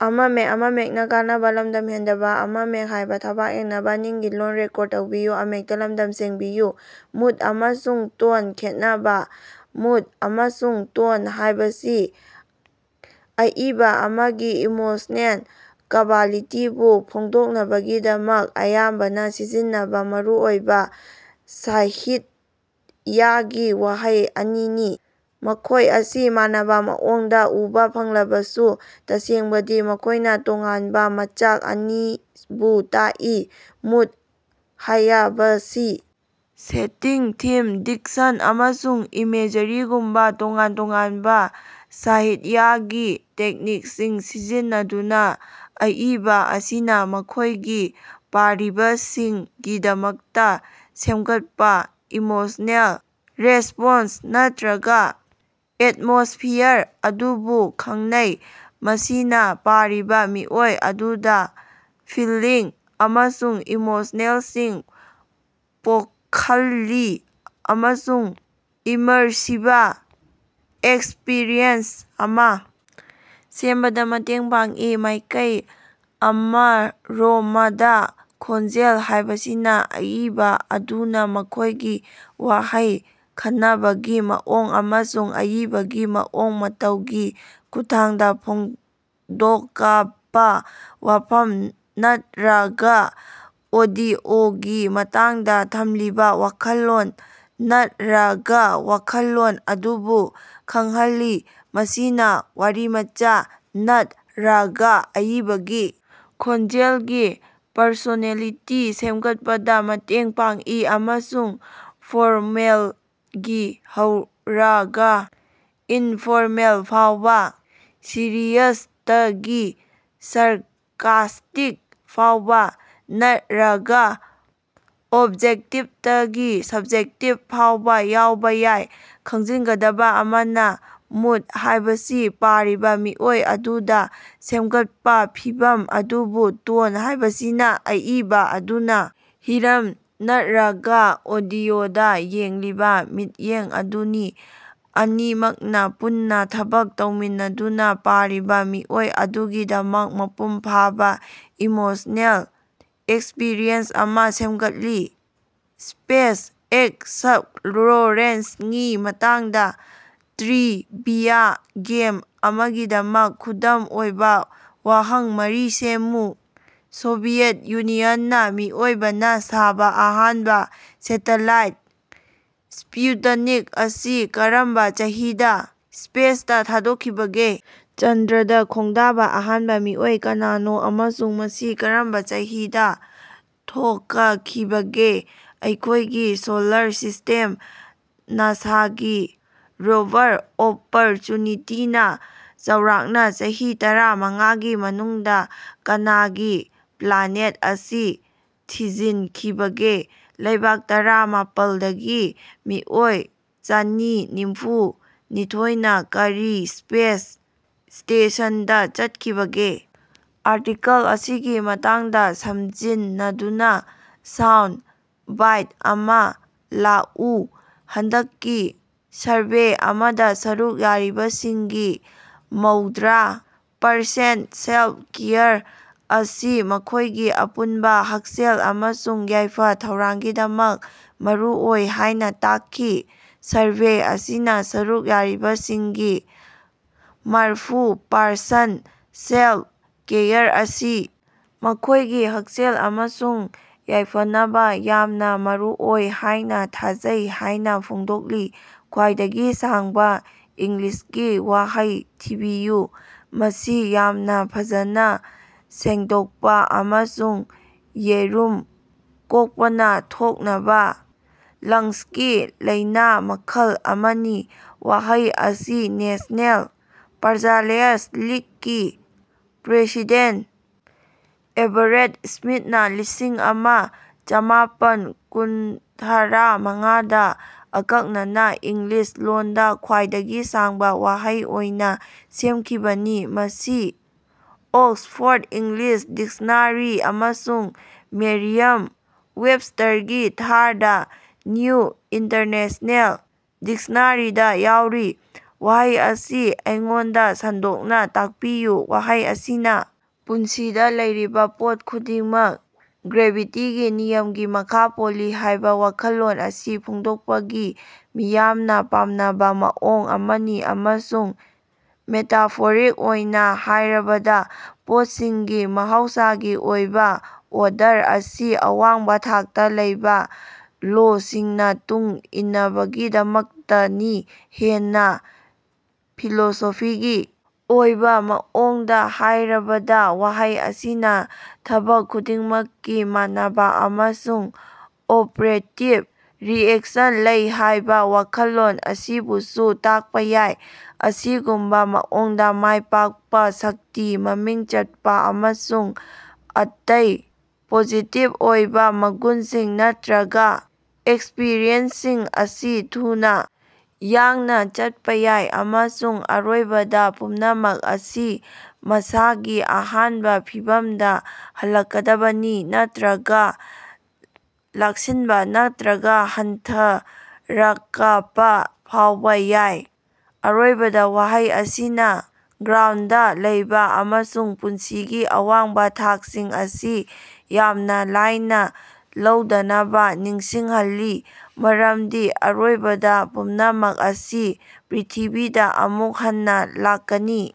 Mood ꯑꯃꯁꯨꯡ tone ꯈꯦꯠꯅꯕ꯫ Mood ꯑꯃꯁꯨꯡ ꯇꯣꯟ ꯍꯥꯏꯕꯁꯤ ꯑꯏꯕ ꯑꯃꯒꯤ ꯏꯃꯣꯁꯅꯦꯜ ꯀ꯭ꯕꯂꯤꯇꯤꯕꯨ ꯐꯣꯡꯗꯣꯛꯅꯕꯒꯤꯗꯃꯛ ꯑꯌꯥꯝꯕꯅ ꯁꯤꯖꯤꯟꯅꯕ ꯃꯔꯨꯑꯣꯏꯕ ꯁꯥꯍꯤꯠꯌꯒꯤ ꯋꯥꯍꯩ ꯑꯅꯤꯅꯤ꯫ ꯃꯈꯣꯏ ꯑꯁꯤ ꯃꯥꯟꯅꯕ ꯃꯑꯣꯡꯗ ꯎꯕꯥ ꯐꯪꯂꯕꯁꯨ, ꯇꯁꯦꯡꯕꯗꯤ ꯃꯈꯣꯏꯅ ꯇꯣꯉꯥꯟꯕ ꯃꯆꯥꯛ ꯑꯅꯤꯕꯨ ꯇꯥꯛꯏ꯫ ꯃꯨꯗ ꯍꯥꯌꯕꯁꯤ ꯁꯦꯇꯤꯡ, ꯊꯤꯝ, ꯗꯤꯛꯁꯟ ꯑꯃꯁꯨꯡ ꯏꯃꯦꯖꯔꯤꯒꯨꯝꯕ ꯇꯣꯉꯥꯟ ꯇꯣꯉꯥꯟꯕ ꯁꯥꯍꯤꯠꯌꯒꯤ ꯇꯦꯛꯅꯤꯛꯁꯤꯡ ꯁꯤꯖꯤꯟꯅꯗꯨꯅ ꯑꯏꯕ ꯑꯁꯤꯅ ꯃꯈꯣꯏꯒꯤ ꯄꯥꯔꯤꯕꯁꯤꯡꯒꯤꯗꯃꯛꯇ ꯁꯦꯝꯒꯠꯄ ꯏꯃꯣꯁꯅꯦꯜ ꯔꯦꯁ꯭ꯄꯣꯟꯁ ꯅꯠꯔꯒ ꯑꯦꯠꯃꯣꯁ꯭ꯐꯤꯌꯥꯔ ꯑꯗꯨꯕꯨ ꯈꯡꯅꯩ꯫ ꯃꯁꯤꯅꯥ ꯄꯥꯔꯤꯕ ꯃꯤꯑꯣꯏ ꯑꯗꯨꯗ ꯐꯤꯜꯂꯤꯡ ꯑꯃꯁꯨꯡ ꯏꯃꯣꯁꯅꯦꯜꯁꯤꯡ ꯄꯣꯈꯜꯂꯤ ꯑꯃꯁꯨꯡ ꯏꯃꯔꯁꯤꯕ ꯑꯦꯛꯁꯄꯤꯔꯤꯑꯦꯟꯁ ꯑꯃ ꯁꯦꯝꯕꯗ ꯃꯇꯦꯡ ꯄꯥꯡꯏ꯫ ꯃꯥꯏꯀꯩ ꯑꯃꯔꯣꯃꯗ ꯈꯣꯟꯖꯦꯜ ꯍꯥꯏꯕꯁꯤꯅ ꯑꯏꯕ ꯑꯗꯨꯅ ꯃꯈꯣꯏꯒꯤ ꯋꯥꯍꯩ ꯈꯅꯕꯒꯤ ꯃꯑꯣꯡ ꯑꯃꯁꯨꯡ ꯑꯏꯕꯒꯤ ꯃꯑꯣꯡ ꯃꯇꯧꯒꯤ ꯈꯨꯠꯊꯥꯡꯗꯥ ꯐꯣꯡꯗꯣꯀꯄ ꯋꯥꯐꯝ ꯅꯠꯔꯒ ꯑꯣꯗꯤꯑꯣꯒꯤ ꯃꯇꯥꯡꯗ ꯊꯝꯂꯤꯕ ꯋꯥꯈꯜꯂꯣꯟ ꯅꯠꯔꯒ ꯋꯥꯈꯜꯂꯣꯟ ꯑꯗꯨꯕꯨ ꯈꯡꯍꯜꯂꯤ꯫ ꯃꯁꯤꯅ ꯋꯥꯔꯤꯃꯆꯥ ꯅꯠꯔꯒ ꯑꯏꯕꯒꯤ ꯈꯣꯟꯖꯦꯜꯒꯤ ꯄꯔꯁꯣꯅꯦꯂꯤꯇꯤ ꯁꯦꯝꯒꯠꯄꯗ ꯃꯇꯦꯡ ꯄꯥꯡꯏ ꯑꯃꯁꯨꯡ ꯐꯣꯔꯃꯦꯜꯗꯒꯤ ꯍꯧꯔꯒꯥ ꯏꯟꯐꯣꯔꯃꯦꯜ ꯐꯥꯎꯕ, ꯁꯤꯔꯤꯌꯁꯇꯒꯤ ꯁꯥꯔꯀꯥꯁ꯭ꯇꯤꯛ ꯐꯥꯎꯕ, ꯅꯠꯔꯒ ꯑꯣꯕꯖꯦꯛꯇꯤꯞꯇꯒꯤ ꯁꯕ꯭ꯖꯦꯛꯇꯤꯞ ꯐꯥꯎꯕ ꯌꯥꯎꯕ ꯌꯥꯏ꯫ ꯈꯪꯖꯤꯟꯒꯗꯕ ꯑꯃꯅ, ꯃꯨꯗ ꯍꯥꯏꯕꯁꯤ ꯄꯥꯔꯤꯕꯥ ꯃꯤꯑꯣꯏ ꯑꯗꯨꯗ ꯁꯦꯝꯒꯠꯄ ꯐꯤꯚꯝ ꯑꯗꯨꯕꯨ ꯇꯣꯟ ꯍꯥꯏꯕꯁꯤꯅ ꯑꯏꯕ ꯑꯗꯨꯅ ꯍꯤꯔꯝ ꯅꯠꯔꯒ ꯑꯣꯗꯤꯑꯣꯗ ꯌꯦꯡꯂꯤꯕ ꯃꯤꯠꯌꯦꯡ ꯑꯗꯨꯅꯤ꯫ ꯑꯅꯤꯃꯛꯅꯥ ꯄꯨꯟꯅ ꯊꯕꯛ ꯇꯧꯃꯤꯟꯅꯗꯨꯅ ꯄꯥꯔꯤꯕ ꯃꯤꯑꯣꯏ ꯑꯗꯨꯒꯤꯗꯃꯛ ꯃꯄꯨꯡ ꯐꯥꯕ ꯏꯃꯣꯁꯅꯦꯜ ꯑꯦꯛꯁꯄꯔꯤꯑꯦꯟꯁ ꯑꯃꯥ ꯁꯦꯝꯒꯠꯂꯤ꯫ ꯁ꯭ꯄꯦꯁ ꯑꯦꯛꯁꯞꯂꯣꯔꯦꯁꯉꯤ ꯃꯇꯥꯡꯗ ꯇ꯭ꯔꯤꯕꯤꯌꯥ ꯒꯦꯝ ꯑꯃꯒꯤꯗꯃꯛ ꯈꯨꯗꯝ ꯑꯣꯏꯕ ꯋꯥꯍꯪ ꯃꯔꯤ ꯁꯦꯝꯃꯨ꯫ ꯁꯣꯚꯤꯌꯦꯠ ꯌꯨꯅꯤꯌꯟꯅ ꯃꯤꯑꯣꯏꯕꯅ ꯁꯥꯕ ꯑꯍꯥꯟꯕ ꯁꯦꯇꯦꯂꯥꯏꯠ ꯁ꯭ꯄꯨꯇꯅꯤꯛ ꯑꯁꯤ ꯀꯔꯝꯕ ꯆꯍꯤꯗ ꯁ꯭ꯄꯦꯁꯇ ꯊꯥꯗꯣꯛꯈꯤꯕꯒꯦ? ꯆꯟꯗ꯭ꯔꯗ ꯈꯣꯡꯗꯥꯕ ꯑꯍꯥꯟꯕ ꯃꯤꯑꯣꯏ ꯀꯅꯥꯅꯣ ꯑꯃꯁꯨꯡ ꯃꯁꯤ ꯀꯔꯝꯕꯥ ꯆꯍꯤꯗꯥ ꯊꯣꯀꯈꯤꯕꯒꯦ? ꯑꯩꯈꯣꯏꯒꯤ ꯁꯣꯂꯥꯔ ꯁꯤꯁ꯭ꯇꯦꯝꯗ ꯅꯥꯁꯥꯒꯤ ꯔꯣꯚꯥꯔ, ꯑꯣꯄꯔꯆ꯭ꯌꯨꯅꯤꯇꯤꯅꯥ ꯆꯥꯎꯔꯥꯛꯅ ꯆꯍꯤ ꯇꯔꯥ ꯃꯉꯥꯒꯤ ꯃꯅꯨꯡꯗꯥ ꯀꯅꯥꯒꯤ ꯄ꯭ꯂꯥꯅꯦꯠ ꯑꯁꯤ ꯊꯤꯖꯤꯟꯈꯤꯕꯒꯦ? ꯂꯩꯕꯥꯛ ꯇꯔꯥ ꯃꯥꯄꯜꯗꯒꯤ ꯃꯤꯑꯣꯏ ꯆꯅꯤ ꯅꯤꯐꯨ ꯅꯤꯊꯣꯏꯅ ꯀꯔꯤ ꯁ꯭ꯄꯦꯁ ꯁ꯭ꯇꯦꯁꯟꯗ ꯆꯠꯈꯤꯕꯒꯦ? ꯑꯥꯔꯇꯤꯀꯜ ꯑꯁꯤꯒꯤ ꯃꯇꯥꯡꯗ ꯁꯝꯖꯤꯟꯅꯗꯨꯅ ꯁꯥꯎꯟꯗ ꯕꯥꯏꯠ ꯑꯃꯥ ꯂꯥꯛꯎ꯫ ꯍꯟꯗꯛꯀꯤ ꯁꯔꯚꯦ ꯑꯃꯗ ꯁꯔꯨꯛ ꯌꯥꯔꯤꯕꯁꯤꯡꯒꯤ ꯃꯧꯗꯔꯥ ꯄꯔꯁꯦꯟꯅ ꯁꯦꯜꯐ-ꯀꯦꯌꯔ ꯑꯁꯤ ꯃꯈꯣꯏꯒꯤ ꯑꯄꯨꯟꯕ ꯍꯛꯁꯦꯜ ꯑꯃꯁꯨꯡ ꯌꯥꯏꯐ-ꯊꯧꯔꯥꯡꯒꯤꯗꯃꯛ ꯃꯔꯨꯑꯣꯏ ꯍꯥꯏꯅ ꯇꯥꯛꯈꯤ꯫ ꯁꯔꯚꯦ ꯑꯁꯤꯅ ꯁꯔꯨꯛ ꯌꯥꯔꯤꯕꯁꯤꯡꯒꯤ ꯃꯥꯔꯐꯨ ꯄꯔꯁꯦꯟꯅ ꯁꯦꯜꯐ-ꯀꯦꯌꯔ ꯑꯁꯤ ꯃꯈꯣꯏꯒꯤ ꯍꯛꯁꯦꯜ ꯑꯃꯁꯨꯡ ꯌꯥꯏꯐꯅꯕ ꯌꯥꯝꯅꯥ ꯃꯔꯨꯑꯣꯏ ꯍꯥꯏꯅ ꯊꯥꯖꯩ ꯍꯥꯏꯅ ꯐꯣꯡꯗꯣꯛꯂꯤ꯫ ꯈ꯭ꯋꯥꯏꯗꯒꯤ ꯁꯥꯡꯕ ꯏꯪꯂꯤꯁꯀꯤ ꯋꯥꯍꯩ ꯊꯤꯕꯤꯌꯨ꯫ ꯃꯁꯤ ꯌꯥꯝꯅ ꯐꯖꯅ ꯁꯦꯡꯗꯣꯛꯄꯥ ꯑꯃꯁꯨꯡ ꯌꯦꯔꯨꯝ ꯀꯣꯛꯄꯅ ꯊꯣꯛꯅꯕ ꯂꯪꯁꯀꯤ ꯂꯥꯏꯅ ꯃꯈꯜ ꯑꯃꯅꯤ꯫ ꯋꯥꯍꯩ ꯑꯁꯤ ꯅꯦꯁꯅꯦꯜ ꯄꯥꯖꯂꯔꯁ ꯂꯤꯛꯀꯤ ꯄ꯭ꯔꯦꯁꯤꯗꯦꯟꯠ ꯑꯦꯚꯥꯔꯦꯠ ꯁ꯭ꯃꯤꯊꯅꯥ ꯂꯤꯁꯤꯡ ꯑꯃ ꯆꯃꯥꯄꯟ ꯀꯨꯟꯊꯔ ꯃꯉꯥꯗ ꯑꯀꯛꯅꯅ ꯏꯪꯂꯤꯁ ꯂꯣꯟꯗ ꯈ꯭ꯋꯥꯏꯗꯒꯤ ꯁꯥꯡꯕ ꯋꯥꯍꯩ ꯑꯣꯏꯅ ꯁꯦꯝꯈꯤꯕꯅꯤ꯫ ꯃꯁꯤ ꯑꯣꯛꯁꯐꯣꯔꯗ ꯏꯪꯂꯤꯁ ꯗꯤꯛꯁꯅꯥꯔꯤ ꯑꯃꯁꯨꯡ ꯃꯦꯔꯤꯌꯝ-ꯋꯦꯕꯁ꯭ꯇꯔꯒꯤ ꯊꯥꯔꯗ ꯅ꯭ꯌꯨ ꯏꯟꯇꯔꯅꯦꯁ꯭ꯅꯦꯜ ꯗꯤꯛꯁꯅꯥꯔꯤꯗꯥ ꯌꯥꯎꯔꯤ꯫ ꯋꯥꯍꯩ ꯑꯁꯤ ꯑꯩꯉꯣꯟꯗ ꯁꯟꯗꯣꯛꯅ ꯇꯥꯛꯄꯤꯌꯨ꯫ ꯋꯥꯍꯩ ꯑꯁꯤꯅ ꯄꯨꯟꯁꯤꯗ ꯂꯩꯔꯤꯕ ꯄꯣꯠ ꯈꯨꯗꯤꯡꯃꯛ ꯒ꯭ꯔꯦꯚꯤꯇꯤꯒꯤ ꯅꯤꯌꯝꯒꯤ ꯃꯈꯥ ꯄꯣꯜꯂꯤ ꯍꯥꯏꯕ ꯋꯥꯈꯜꯂꯣꯟ ꯑꯁꯤ ꯐꯣꯡꯗꯣꯛꯄꯒꯤ ꯃꯤꯌꯥꯝꯅ ꯄꯥꯝꯅꯕ ꯃꯑꯣꯡ ꯑꯃꯅꯤ ꯑꯃꯁꯨꯡ ꯃꯦꯇꯥꯐꯣꯔꯤꯛ ꯑꯣꯏꯅ ꯍꯥꯏꯔꯕꯗ ꯄꯣꯠꯁꯤꯡꯒꯤ ꯃꯍꯧꯁꯥꯒꯤ ꯑꯣꯏꯕ ꯑꯣꯔꯗꯔ ꯑꯁꯤ ꯑꯋꯥꯡꯕ ꯊꯥꯛꯇ ꯂꯩꯕ ꯂꯣꯁꯤꯡꯅ ꯇꯨꯡ ꯏꯟꯅꯕꯒꯤꯗꯃꯛꯇꯅꯤ꯫ ꯍꯦꯟꯅ ꯐꯤꯂꯣꯁꯣꯐꯤꯒꯤ ꯑꯣꯏꯕ ꯃꯑꯣꯡꯗꯥ ꯍꯥꯏꯔꯕꯗ, ꯋꯥꯍꯩ ꯑꯁꯤꯅ ꯊꯕꯛ ꯈꯨꯗꯤꯡꯃꯛꯀꯤ ꯃꯥꯟꯅꯕ ꯑꯃꯁꯨꯡ ꯑꯣꯄꯔꯦꯇꯤꯡ ꯔꯤꯑꯦꯛꯁꯟ ꯂꯩ ꯍꯥꯏꯕ ꯋꯥꯈꯜꯂꯣꯟ ꯑꯁꯤꯕꯨꯁꯨ ꯇꯥꯛꯄ ꯌꯥꯏ꯫ ꯑꯁꯤꯒꯨꯝꯕ ꯃꯑꯣꯡꯗ, ꯃꯥꯏ ꯄꯥꯛꯄ, ꯁꯛꯇꯤ, ꯃꯃꯤꯡ ꯆꯠꯄ, ꯑꯃꯁꯨꯡ ꯑꯇꯩ ꯄꯣꯖꯤꯇꯤꯚ ꯑꯣꯏꯕ ꯃꯒꯨꯟꯁꯤꯡ ꯅꯠꯇꯔꯒ ꯑꯦꯛꯁꯄꯔꯤꯌꯦꯟꯁꯁꯤꯡ ꯑꯁꯤ ꯊꯨꯅ ꯌꯥꯡꯅ ꯆꯠꯄ ꯌꯥꯏ, ꯑꯃꯁꯨꯡ ꯑꯔꯣꯏꯕꯗ ꯄꯨꯝꯅꯃꯛ ꯑꯁꯤ ꯃꯁꯥꯒꯤ ꯑꯍꯥꯟꯕ ꯐꯤꯚꯝꯗ ꯍꯜꯂꯛꯀꯗꯕꯅꯤ, ꯅꯠꯇꯔꯒ ꯂꯥꯛꯁꯤꯟꯕ ꯅꯠꯇꯔꯒ ꯍꯟꯊꯔꯀꯄ ꯐꯥꯎꯕ ꯌꯥꯏ꯫ ꯑꯔꯣꯏꯕꯗ, ꯋꯥꯍꯩ ꯑꯁꯤꯅ ꯒ꯭ꯔꯥꯎꯟꯗ ꯂꯩꯕ ꯑꯃꯁꯨꯡ ꯄꯨꯟꯁꯤꯒꯤ ꯑꯋꯥꯡꯕ ꯊꯥꯛꯁꯤꯡ ꯑꯁꯤ ꯌꯥꯝꯅ ꯂꯥꯏꯅ ꯂꯧꯗꯅꯕ ꯅꯤꯡꯁꯤꯡꯍꯜꯂꯤ, ꯃꯔꯝꯗꯤ, ꯑꯔꯣꯏꯕꯗ, ꯄꯨꯝꯅꯃꯛ ꯑꯁꯤ ꯄ꯭ꯔ꯭ꯤꯊꯤꯕꯤꯗ ꯑꯃꯨꯛ ꯍꯟꯅ ꯂꯥꯛꯀꯅꯤ꯫